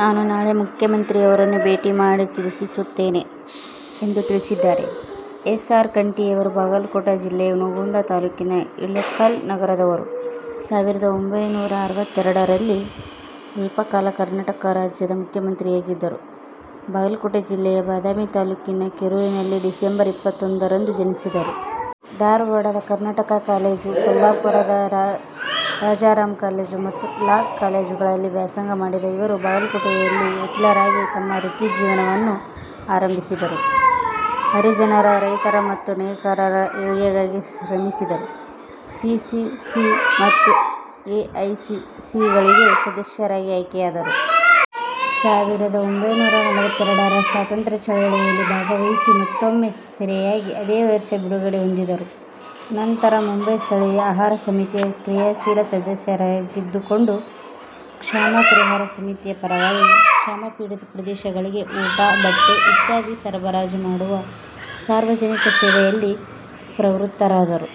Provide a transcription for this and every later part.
ನಾನು ನಾಳೆ ಮುಖ್ಯಮಂತ್ರಿಯವರನ್ನು ಭೇಟಿ ಮಾಡಿ ಚರ್ಚಿಸುತ್ತೇನೆ' ಎಂದು ತಿಳಿಸಿದ್ದಾರೆ. ಎಸ್ ಆರ್ ಕಂಠಿ ಯವರು ಬಾಗಲಕೋಟ ಜಿಲ್ಲೆಯ ಹುನಗುಂದ ತಾಲ್ಲೂಕಿನ ಇಳಕಲ್ಲ ನಗರದವರು. ಸಾವಿರದ ಒಂಭೈನೂರಾ ಅರವತ್ತೆರಡರಲ್ಲಿ ಅಲ್ಪ ಕಾಲ ಕರ್ನಾಟಕ ರಾಜ್ಯದ ಮುಖ್ಯಮಂತ್ರಿಯಾಗಿದ್ದರು. ಬಾಗಲಕೋಟೆ ಜಿಲ್ಲೆಯ ಬದಾಮಿ ತಾಲ್ಲೂಕಿನ ಕೆರೂರನಲ್ಲಿ ಡಿಸೆಂಬರ್ ಇಪ್ಪತ್ತೊಂದರಂದು ಜನಿಸಿದರು. ಧಾರವಾಡದ ಕರ್ನಾಟಕ ಕಾಲೇಜು, ಕೊಲ್ಲಾಪುರದ ರಾಜಾರಾಮ್ ಕಾಲೇಜು ಮತ್ತು ಲಾ ಕಾಲೇಜುಗಳಲ್ಲಿ ವ್ಯಾಸಂಗ ಮಾಡಿದ ಇವರು ಬಾಗಲಕೋಟೆಯಲ್ಲಿ ವಕೀಲರಾಗಿ ತಮ್ಮ ವೃತ್ತಿಜೀವನವನ್ನು ಆರಂಭಿಸಿದರು. ಹರಿಜನರ, ರೈತರ ಮತ್ತು ನೇಕಾರರ ಏಳ್ಗೆಗಾಗಿ ಶ್ರಮಿಸಿದರು. ಪಿ. ಸಿ. ಸಿ. ಮತ್ತು ಎ. ಐ. ಸಿ. ಸಿಗಳಿಗೆ ಸದಸ್ಯರಾಗಿ ಆಯ್ಕೆಯಾದರು. ಸಾವಿರದ ಒಂಭೈನೂರ ನಲವತ್ತೆರಡರ ಸ್ವಾತಂತ್ರ್ಯ ಚಳವಳಿಯಲ್ಲಿ ಭಾಗವಹಿಸಿ ಮತ್ತೊಮ್ಮೆ ಸೆರೆಯಾಗಿ ಅದೇ ವರ್ಷ ಬಿಡುಗಡೆ ಹೊಂದಿದರು. ಅನಂತರ ಮುಂಬಯಿ ಸ್ಥಳೀಯ ಆಹಾರ ಸಮಿತಿಯ ಕ್ರಿಯಾಶೀಲ ಸದಸ್ಯರಾಗಿದ್ದುಕೊಂಡು ಕ್ಷಾಮ ಪರಿಹಾರ ಸಮಿತಿಯ ಪರವಾಗಿ ಕ್ಷಾಮಪೀಡಿತ ಪ್ರದೇಶಗಳಿಗೆ ಊಟ, ಬಟ್ಟೆ ಇತ್ಯಾದಿ ಸರಬರಾಜು ಮಾಡುವ ಸಾರ್ವಜನಿಕ ಸೇವೆಯಲ್ಲಿ ಪ್ರವೃತ್ತರಾದರು.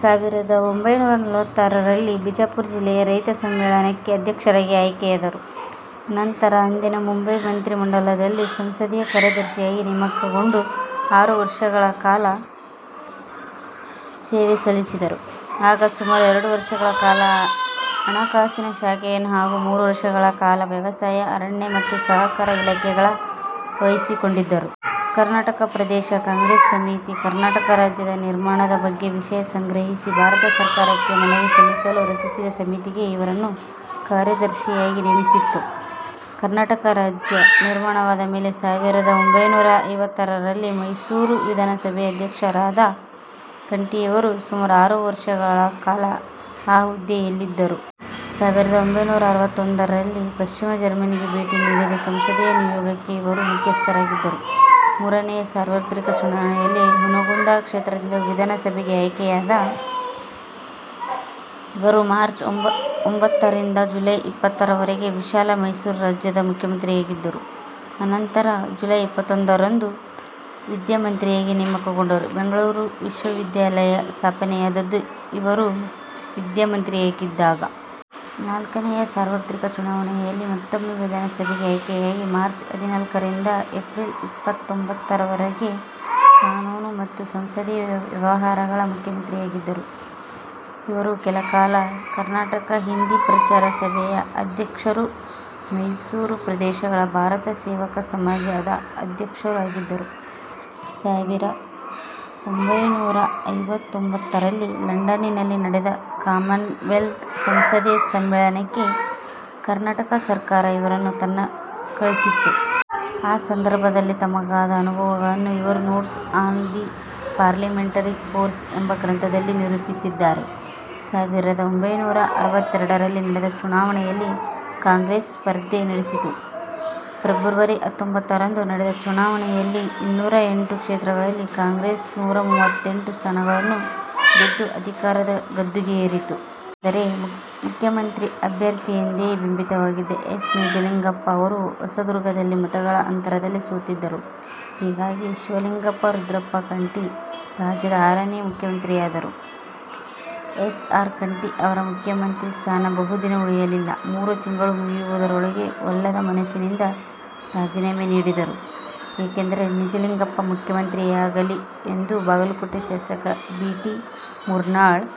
ಸಾವಿರದ ಒಂಭೈನೂರ ನಲವತ್ತಾರರಲ್ಲಿ ಬಿಜಾಪುರ ಜಿಲ್ಲೆಯ ರೈತ ಸಮ್ಮೇಳನಕ್ಕೆ ಅಧ್ಯಕ್ಷರಾಗಿ ಆಯ್ಕೆಯಾದರು. ಅನಂತರ ಅಂದಿನ ಮುಂಬಯಿ ಮಂತ್ರಿ ಮಂಡಲದಲ್ಲಿ ಸಂಸದೀಯ ಕಾರ್ಯದರ್ಶಿಯಾಗಿ ನೇಮಕಗೊಂಡು ಆರು ವರ್ಷಗಳ ಕಾಲ ಸೇವೆಸಲ್ಲಿಸಿದರು. ಆಗ ಸುಮಾರು ಎರಡು ವರ್ಷಗಳ ಕಾಲ ಹಣಕಾಸಿನ ಶಾಖೆಯನ್ನು ಹಾಗೂ ಮೂರು ವರ್ಷಗಳ ಕಾಲ ವ್ಯವಸಾಯ, ಅರಣ್ಯ ಮತ್ತು ಸಹಕಾರ ಇಲಾಖೆಗಳ ವಹಿಸಿಕೊಂಡಿದ್ದರು. ಕರ್ನಾಟಕ ಪ್ರದೇಶ ಕಾಂಗ್ರೆಸ್ ಸಮಿತಿ ಕರ್ನಾಟಕ ರಾಜ್ಯದ ನಿರ್ಮಾಣದ ಬಗ್ಗೆ ವಿಷಯ ಸಂಗ್ರಹಿಸಿ ಭಾರತ ಸರ್ಕಾರಕ್ಕೆ ಮನವಿ ಸಲ್ಲಿಸಲು ರಚಿಸಿದ ಸಮಿತಿಗೆ ಇವರನ್ನು ಕಾರ್ಯದರ್ಶಿಯಾಗಿ ನೇಮಿಸಿತ್ತು. ಕರ್ನಾಟಕ ರಾಜ್ಯ ನಿರ್ಮಾಣವಾದ ಮೇಲೆ ಸಾವಿರದ ಒಂಭೈನೂರ ಐವತ್ತಾರರಲ್ಲಿ ಮೈಸೂರು ವಿಧಾನ ಸಭೆಯ ಅಧ್ಯಕ್ಷರಾದ ಕಂಠಿಯವರು ಸುಮಾರು ಅರು ವರ್ಷಗಳ ಕಾಲ ಆ ಹುದ್ದೆಯಲ್ಲಿದ್ದರು. ಸಾವಿರದ ಒಂಭೈನೂರ ಅರವತ್ತೋಂದರಲ್ಲಿ ಪಶ್ಚಿಮ ಜರ್ಮನಿಗೆ ಭೇಟಿ ನೀಡಿದ ಸಂಸದೀಯ ನಿಯೋಗಕ್ಕೆ ಇವರು ಮುಖ್ಯಸ್ಥರಾಗಿದ್ದರು. ಮೂರನೆಯ ಸಾರ್ವತ್ರಿಕ ಚುನಾವಣೆಯಲ್ಲಿ ಹುನಗುಂದ ಕ್ಷೇತ್ರದಿಂದ ವಿಧಾನಸಭೆಗೆ ಆಯ್ಕೆಯಾದ ಇವರು ಮಾರ್ಚ್ ಒಂಭತ್ತರಿಂದ ಜುಲೈ ಇಪ್ಪತ್ತರವರೆಗೆ ವಿಶಾಲ ಮೈಸೂರು ರಾಜ್ಯದ ಮುಖ್ಯಮಂತ್ರಿಯಾಗಿದ್ದರು। ಅನಂತರ ಜುಲೈ ಇಪ್ಪತ್ತೊಂದರಂದು ವಿದ್ಯಾಮಂತ್ರಿಯಾಗಿ ನೇಮಕಗೊಂಡರು. ಬೆಂಗಳೂರು ವಿಶ್ವವಿದ್ಯಾಲಯ ಸ್ಥಾಪನೆಯಾದದ್ದು ಇವರು ವಿದ್ಯಾಮಂತ್ರಿಯಾಗಿದ್ದಾಗ. ನಾಲ್ಕನೆಯ ಸಾರ್ವತ್ರಿಕ ಚುನಾವಣೆಯಲ್ಲಿ ಮತ್ತೊಮ್ಮೆ ವಿಧಾನಸಭೆಗೆ ಆಯ್ಕೆಯಾಗಿ ಮಾರ್ಚ್ ಹದಿನಾಲ್ಕರಿಂದ ರಿಂದ ಏಪ್ರಿಲ್ ಇಪ್ಪತ್ತೊಂಭತ್ತರರವರೆಗೆ ಕಾನೂನು ಮತ್ತು ಸಂಸದೀಯ ವ್ಯವಹಾರಗಳ ಮಂತ್ರಿಯಾಗಿದ್ದರು. ಇವರು ಕೆಲಕಾಲ ಕರ್ನಾಟಕ ಹಿಂದಿ ಪ್ರಚಾರ ಸಭೆಯ ಅಧ್ಯಕ್ಷರೂ ಮೈಸೂರು ಪ್ರದೇಶದ ಭಾರತ ಸೇವಕ ಸಮಾಜದ ಅಧ್ಯಕ್ಷರೂ ಆಗಿದ್ದರು. ಸಾವಿರ ಅಒಂಭೈನೂರ ಐವತ್ತೊಂಭತ್ತರಲ್ಲಿ ಲಂಡನಿನಲ್ಲಿ ನಡೆದ ಕಾಮನ್ವೆಲ್ತ್ ಸಂಸದೀಯ ಸಮ್ಮೇಳನಕ್ಕೆ ಕರ್ನಾಟಕ ಸರ್ಕಾರ ಇವರನ್ನು ತನ್ನ ಕಳಿಸಿತ್ತು. ಆ ಸಂದರ್ಭದಲ್ಲಿ ತಮಗಾದ ಅನುಭವಗಳನ್ನು ಇವರು notes on the parliamentary course ಎಂಬ ಗ್ರಂಥದಲ್ಲಿ ನಿರೂಪಿಸಿದ್ದಾರೆ. ಸಾವಿರದ ಒಂಭೈನೂರ ಅರವತ್ತೆರಡರಲ್ಲಿ ನಡೆದ ಚುನಾವಣೆಯಲ್ಲಿ ಕಾಂಗ್ರೆಸ್ ಸ್ಪರ್ಧೆ ನಡೆಸಿತು. ಫೆಬ್ರವರಿ ಹತ್ತೊಂಭತ್ತರಂದು ನಡೆದ ಚುನಾವಣೆಯಲ್ಲಿ ಇನ್ನುರ ಎಂಟು ಕ್ಷೇತ್ರಗಳಲ್ಲಿ ಕಾಂಗ್ರೆಸ್ ನೂರ ಮುವತ್ತೆಂಟು ಸ್ಥಾನಗಳನ್ನು ಗೆದ್ದು ಅಧಿಕಾರದ ಗದ್ದುಗೆಗೇರಿತು. ಆದರೆ, ಮುಖ್ಯಮಂತ್ರಿ ಅಭ್ಯರ್ಥಿ ಎಂದೇ ಬಿಂಬಿತವಾಗಿದ್ದ ಎಸ್. ನಿಜಲಿಂಗಪ್ಪ ಅವರು ಹೊಸದುರ್ಗದಲ್ಲಿ ಮತಗಳ ಅಂತರದಲ್ಲಿ ಸೋತಿದ್ದರು. ಹೀಗಾಗಿ, ಶಿವಲಿಂಗಪ್ಪ ರುದ್ರಪ್ಪ ಕಂಠಿ ರಾಜ್ಯದ ಆರನೇ ಮುಖ್ಯಮಂತ್ರಿಯಾದರು. ಎಸ್. ಆರ್. ಕಂಠಿ ಅವರ ಮುಖ್ಯಮಂತ್ರಿ ಸ್ಥಾನ ಬಹುದಿನ ಉಳಿಯಲಿಲ್ಲ. ಮೂರು ತಿಂಗಳು ಮುಗಿಯುವುದರೊಳಗೇ ಒಲ್ಲದ ಮನಸ್ಸಿನಿಂದ ರಾಜಿನಾಮೆ ನೀಡಿದರು. ಏಕೆಂದರೆ, ನಿಜಲಿಂಗಪ್ಪ ಮುಖ್ಯಮಂತ್ರಿಯಾಗಲಿ ಎಂದು ಬಾಗಲಕೋಟೆ ಶಾಸಕ ಬಿ. ಟಿ. ಮುರ್ನಾಳ್